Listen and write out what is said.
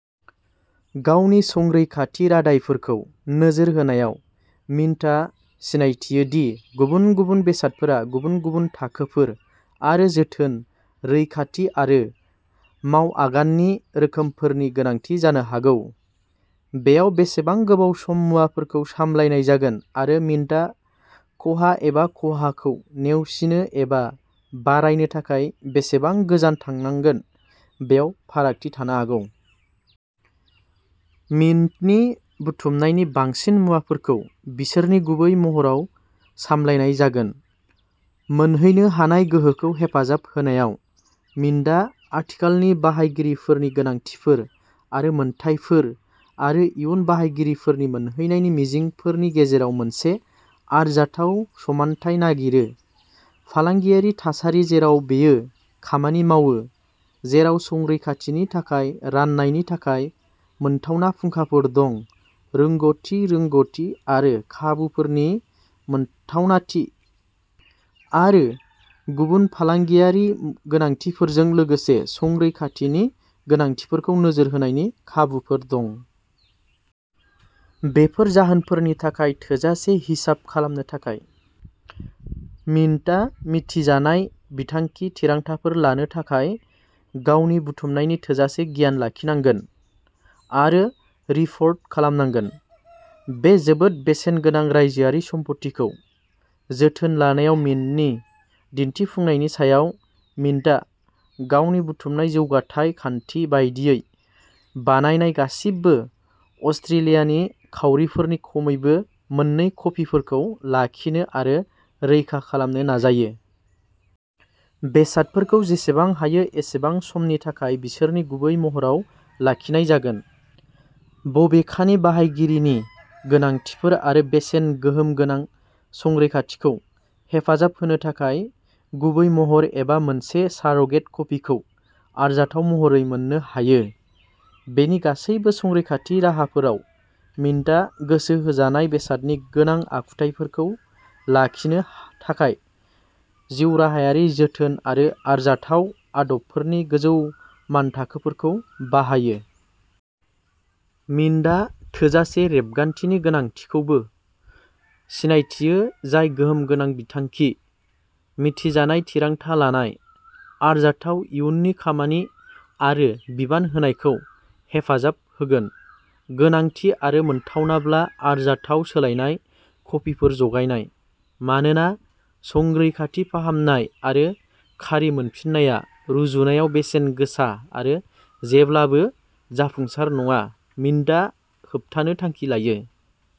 गावनि संरैखाथि रादायफोरखौ नोजोर होनायाव, मिन्टआ सिनायथियो दि गुबुन-गुबुन बेसादफोरा गुबुन-गुबुन थाखोफोर आरो जोथोन, रैखाथि आरो मावआगाननि रोखोमफोरनि गोनांथि जानो हागौ। बेयाव बेसेबां गोबाव सम मुवाफोरखौ सामलायनाय जागोन, आरो मिन्टआ खहा एबा खहाखौ नेवसिनो एबा बारायनो थाखाय बेसेबां गोजान थांगोन, बेयाव फारागथि थानो हागौ। मिन्टनि बुथुमनायनि बांसिन मुवाफोरखौ बिसोरनि गुबै महराव सामलायनाय जागोन। मोनहैनो हानाय गोहोखौ हेफाजाब होनायाव, मिन्टआ आथिखालनि बाहायगिरिफोरनि गोनांथिफोर आरो मोनथायफोर आरो इयुन बाहायगिरिफोरनि मोनहैनायनि मिजिंफोरनि गेजेराव मोनसे आरजाथाव समानथाय नागिरो। फालांगियारि थासारि जेराव बेयो खामानि मावो, जेराव संरैखाथिनि थाखाय राननायनि थाखाय मोनथावना फुंखाफोर दं; रोंग'थि रोंग'थि आरो खाबुफोरनि मोनथावनाथि; आरो गुबुन फालांगियारि गोनांथिफोरजों लोगोसे संरैखाथिनि गोनांथिफोरखौ नोजोर होनायनि खाबुफोर दं। बेफोर जाहोनफोरनि थाखाय थोजासे हिसाब खालामनो थाखाय, मिन्टआ मिथिजानाय बिथांखि थिरांथाफोर लानो थाखाय गावनि बुथुमनायनि थोजासे गियान लाखिनांगोन, आरो रिपर्ट खालामनांगौ। बे जोबोद बेसेन गोनां रायजोआरि सम्फथिखौ जोथोन लानायाव मिन्टनि दिन्थिफुंनायनि सायाव। मिन्टआ गावनि बुथुमनाय जौगाथाय खान्थि बायदियै बानायनाय गासिबो अस्ट्रेलियानि खाउरिफोरनि खमैबो मोननै कपिफोरखौ लाखिनो आरो रैखा खालामनो नाजायो। बेसादफोरखौ जेसेबां हायो एसेबां समनि थाखाय बिसोरनि गुबै महराव लाखिनाय जागोन, बबेखानि बाहायगिरिनि गोनांथिफोर आरो बेसेन-गोहोम गोनां संरैखाथिखौ हेफाजाब होनो थाखाय गुबै महर एबा मोनसे सारोगेट कपिखौ आरजाथाव महरै मोननो हायो। बेनि गासैबो संरैखाथि राहाफोराव, मिन्टआ गोसो होजानाय बेसादनि गोनां आखुथायफोरखौ लाखिनो थाखाय जिउराहायारि जोथोन आरो आरजाथाव आदबफोरनि गोजौ मानथाखोफोरखौ बाहायो। मिन्टआ थोजासे रेबगान्थिनि गोनांथिखौबो सिनायथियो जाय गोहोम गोनां बिथांखि, मिथिजानाय थिरांथा लानाय, आरजाथाव इयुननि खामानि आरो बिबान होनायखौ हेफाजाब होगोन। गोनांथि आरो मोनथावनाब्ला आरजाथाव सोलायनाय कपिफोर जगायनाय। मानोना संरैखाथि फाहामनाय आरो खारि मोनफिननाया रुजुनायाव बेसेन गोसा आरो जेब्लाबो जाफुंसार नङा, मिन्टआ होबथानो थांखि लायो।